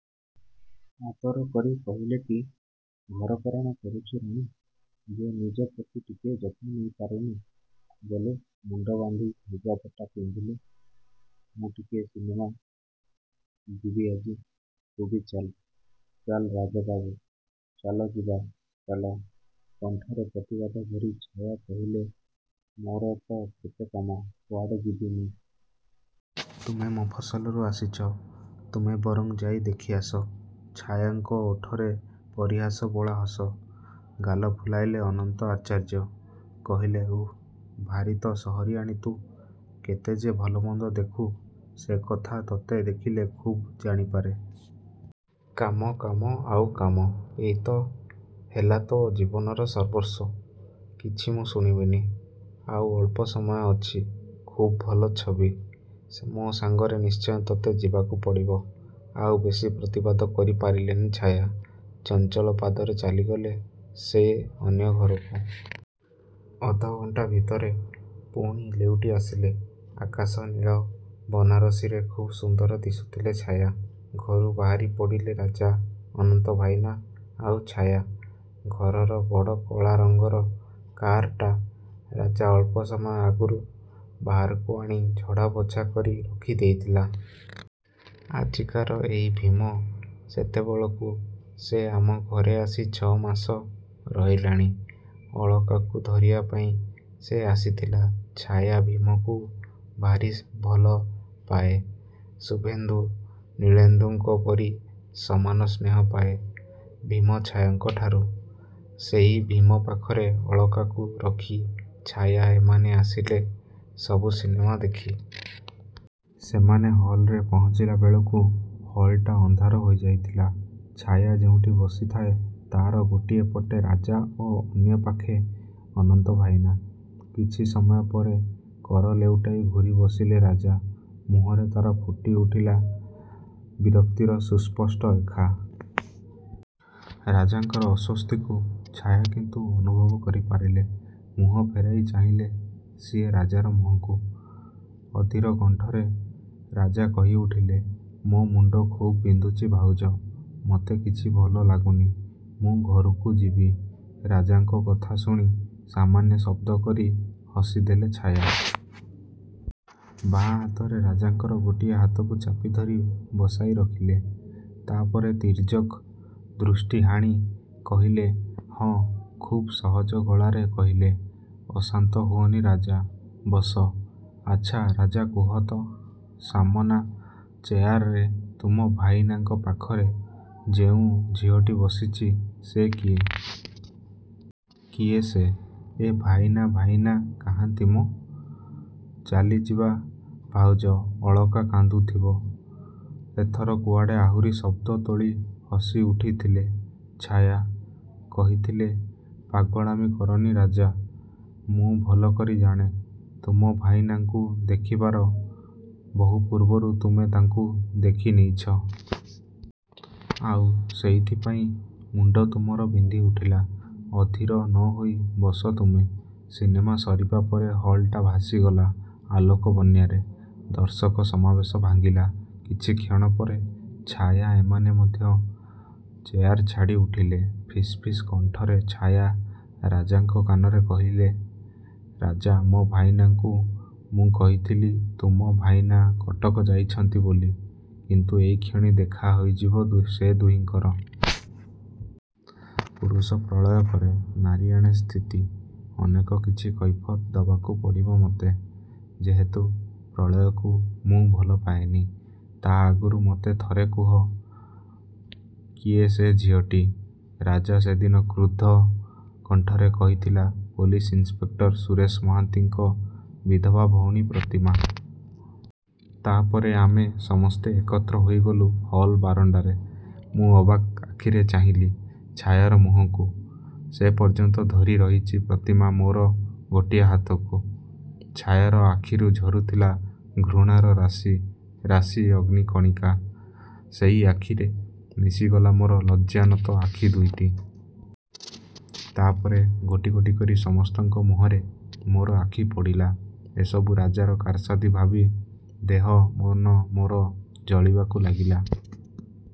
ଆଦର କରି କହିଲେ କି ଘରକରଣା କରୁଛୁ ରାଣୀ ଯେ ନିଜ ପ୍ରତି ଟିକିଏ ଯତ୍ନ ନେଇ ପାରୁନୁ? ଗଲୁ, ମୁଣ୍ଡ ବାନ୍ଧି ଲୁଗାପଟା ପିନ୍ଧିଲୁ, ମୁଁ ଟିକିଏ ସିନେମା ଯିବି ଆଜି। ତୁ ବି ଚାଲ। ଚାଲ ରାଜାବାବୁ, ଚାଲ ଯିବା ଚାଲ। କଣ୍ଠରେ ପ୍ରତିବାଦ ଭରି ଛାୟା କହିଲେ ମୋର ତ କେତେ କାମ, କୁଆଡ଼େ ଯିବି ମୁଁ। ତୁମେ ମଫସଲରୁ ଆସିଛ, ତୁମେ ବରଂ ଯାଇ ଦେଖି ଆସ। ଛାୟାଙ୍କ ଓଠରେ ପରିହାସ ବୋଳା ହସ। ଗାଲ ଫୁଲାଇଲେ ଅନନ୍ତ ଆଚାର୍ଯ୍ୟ। କହିଲେ ଉଃ, ଭାରି ତ ସହରିଆଣୀ ତୁ। କେତେ ଯେ ଭଲମନ୍ଦ ଦେଖୁ ସେକଥା ତତେ ଦେଖିଲେ ଖୁବ୍ ଜାଣି ପାରେ। କାମ, କାମ, ଆଉ କାମ। ଏଇତ ହେଲା ତୋ ଜୀବନର ସର୍ବସ୍ୱ। କିଛି ମୁଁ ଶୁଣିବିନି। ଆଉ ଅଳ୍ପ ସମୟ ଅଛି। ଖୁବ୍ ଭଲ ଛବି। ମୋ ସାଙ୍ଗରେ ନିଶ୍ଚୟ ତତେ ଯିବାକୁ ପଡ଼ିବ। ଆଉ ବେଶୀ ପ୍ରତିବାଦ କରି ପାରିଲେନି ଛାୟା। ଚଞ୍ଚଳ ପାଦରେ ଚାଲିଗଲେ ସିଏ ଅନ୍ୟ ଘରକୁ। ଅଧ ଘଣ୍ଟା ଭିତରେ ପୁଣି ଲେଉଟି ଆସିଲେ। ଆକାଶ ନୀଳ ବନାରସୀରେ ଖୁବ୍ ସୁନ୍ଦର ଦିଶୁଥିଲେ ଛାୟା। ଘରୁ ବାହାରି ପଡ଼ିଲେ ରାଜା, ଅନନ୍ତ ଭାଇନା ଆଉ ଛାୟା। ଘରର ବଡ଼ କଳା ରଙ୍ଗର କାରଟା ରାଜା ଅଳ୍ପ ସମୟ ଆଗରୁ ବାହାରକୁ ଆଣି ଝଡ଼ାପୋଛା କରି ରଖି ଦେଇଥିଲା। ଆଜିକାର ଏଇ ଭୀମ ସେତେବେଳକୁ ସେ ଆମ ଘରେ ଆସି ଛ' ମାସ ରହିଲାଣି। ଅଳକାକୁ ଧରିବା ପାଇଁ ସେ ଆସିଥିଲା। ଛାୟା ଭୀମକୁ ଭାରି ଭଲ ପାଏ। ଶୁଭେନ୍ଦୁ ନୀଳେନ୍ଦୁଙ୍କ ପରି ସମାନ ସ୍ନେହ ପାଏ ଭୀମ ଛାୟାଙ୍କଠାରୁ। ସେଇ ଭୀମ ପାଖରେ ଅଳକାକୁ ରଖି ଛାୟା ଏମାନେ ଆସିଲେ ସବୁ ସିନେମା ଦେଖି। ସେମାନେ ହଲ୍‌ରେ ପହଞ୍ଚିଲା ବେଳକୁ ହଲ୍‌ଟା ଅନ୍ଧାର ହୋଇ ଯାଇଥିଲା। ଛାୟା ଯେଉଁଠି ବସିଥାଏ ତା'ର ଗୋଟିଏ ପଟେ ରାଜା ଓ ଅନ୍ୟ ପାଖେ ଅନନ୍ତ ଭାଇନା। କିଛି ସମୟ ପରେ କର ଲେଉଟାଇ ଘୂରି ବସିଲେ ରାଜା। ମୁହଁରେ ତା'ର ଫୁଟି ଉଠିଲା ବିରକ୍ତିର ସୁସ୍ପଷ୍ଟ ରେଖା। ରାଜାଙ୍କର ଅସ୍ୱସ୍ତିକୁ ଛାୟା କିନ୍ତୁ ଅନୁଭବ କରି ପାରିଲେ। ମୁହଁ ଫେରାଇ ଚାହିଁଲେ ସିଏ ରାଜାର ମୁହଁକୁ। ଅଧୀର କଣ୍ଠରେ ରାଜା କହି ଉଠିଲେ ମୋ ମୁଣ୍ଡ ଖୁବ୍ ବିନ୍ଧୁଛି ଭାଉଜ। ମତେ କିଛି ଭଲ ଲାଗୁନି। ମୁଁ ଘରକୁ ଯିବି। ରାଜାଙ୍କ କଥା ଶୁଣି ସାମାନ୍ୟ ଶବ୍ଦ କରି ହସି ଦେଲେ ଛାୟା। ବାଁ ହାତରେ ରାଜାଙ୍କର ଗୋଟିଏ ହାତକୁ ଚାପି ଧରି ବସାଇ ରଖିଲେ। ତା' ପରେ ତୀର୍ଯ୍ୟକ ଦୃଷ୍ଟି ହାଣି କହିଲେ ହଁ ଖୁବ୍ ସହଜ ଗଳାରେ କହିଲେ ଅଶାନ୍ତ ହୁଅନି ରାଜା, ବସ। ଆଚ୍ଛା ରାଜା କୁହ ତ, ସାମନା ଚେୟାରରେ ତୁମ ଭାଇନାଙ୍କ ପାଖରେ ଯେଉଁ ଝିଅଟି ବସିଛି ସେ କିଏ? କିଏ ସେ? ଏଁ, ଭାଇନା ଭାଇନା କାହାନ୍ତି ମ? ଚାଲିଯିବା ଭାଉଜ, ଅଳକା କାନ୍ଦୁଥିବ। ଏଥର କୁଆଡ଼େ ଆହୁରି ଶବ୍ଦ ତୋଳି ହସି ଉଠିଥିଲେ ଛାୟା। କହିଥିଲେ ପାଗଳାମି କରନି ରାଜା। ମୁଁ ଭଲ କରି ଜାଣେ, ମୁଁ ତୁମ ଭାଇନାଙ୍କୁ ଦେଖିବାର ବହୁ ପୂର୍ବରୁ ତୁମେ ତାଙ୍କୁ ଦେଖି ନେଇଛ। ଆଉ ସେଇଥିପାଇଁ ମୁଣ୍ଡ ତୁମର ବିନ୍ଧି ଉଠିଲା। ଅଧୀର ନ ହୋଇ ବସ ତୁମେ। ସିନେମା ସରିବା ପରେ ହଲ୍‌ଟା ଭାସିଗଲା ଆଲୋକ ବନ୍ୟାରେ। ଦର୍ଶକ ସମାବେଶ ଭାଙ୍ଗିଲା। କିଛି କ୍ଷଣ ପରେ ଛାୟା ଏମାନେ ମଧ୍ୟ ଚେୟାର ଛାଡ଼ି ଉଠିଲେ। ଫିସ୍ ଫିସ୍ କଣ୍ଠରେ ଛାୟା ରାଜାଙ୍କ କାନରେ କହିଲେ ରାଜା ମୋ ଭାଇନାଙ୍କୁ ମୁଁ କହିଥିଲି ତୁମ ଭାଇନା କଟକ ଯାଇଛନ୍ତି ବୋଲି, କିନ୍ତୁ ଏଇକ୍ଷଣି ଦେଖା ହୋଇଯିବ ସେ ଦୁହିଁଙ୍କର। ପୁରୁଷ ପ୍ରଳୟ କରେ, ନାରୀ ଆଣେ ସ୍ଥିତି। ଅନେକ କିଛି କୈଫିୟତ୍ ଦେବାକୁ ପଡ଼ିବ ମତେ, ଯେହେତୁ ପ୍ରଳୟକୁ ମୁଁ ଭଲ ପାଏନି। ତା' ଆଗରୁ ମତେ ଥରେ କୁହ କିଏ ସେ ଝିଅଟି। ରାଜା ସେଦିନ କ୍ରୁଦ୍ଧ କଣ୍ଠରେ କହିଥିଲା ପୋଲିସ ଇନ୍‌ସପେକ୍ଟର ସୁରେଶ ମହାନ୍ତିଙ୍କ ବିଧବା ଭଉଣୀ ପ୍ରତିମା। ତା' ପରେ ଆମେ ସମସ୍ତେ ଏକତ୍ର ହୋଇଗଲୁ ହଲ୍ ବାରଣ୍ଡାରେ। ମୁଁ ଅବାକ୍ ଆଖିରେ ଚାହିଁଲି ଛାୟାର ମୁହଁକୁ। ସେପର୍ଯ୍ୟନ୍ତ ଧରି ରହିଛି ପ୍ରତିମା ମୋର ଗୋଟିଏ ହାତକୁ। ଛାୟାର ଆଖିରୁ ଝରୁଥିଲା ଘୃଣାର ରାଶି ରାଶି ଅଗ୍ନି କଣିକା। ସେଇ ଆଖିରେ ମିଶିଗଲା ମୋର ଲଜ୍ଜାନତ ଆଖି ଦୁଇଟି। ତା' ପରେ ଗୋଟି ଗୋଟି କରି ସମସ୍ତଙ୍କ ମୁହଁରେ ମୋର ଆଖି ପଡ଼ିଲା। ଏସବୁ ରାଜାର କାରସାଦି ଭାବି ଦେହ ମନ ମୋର ଜଳିବାକୁ ଲାଗିଲା।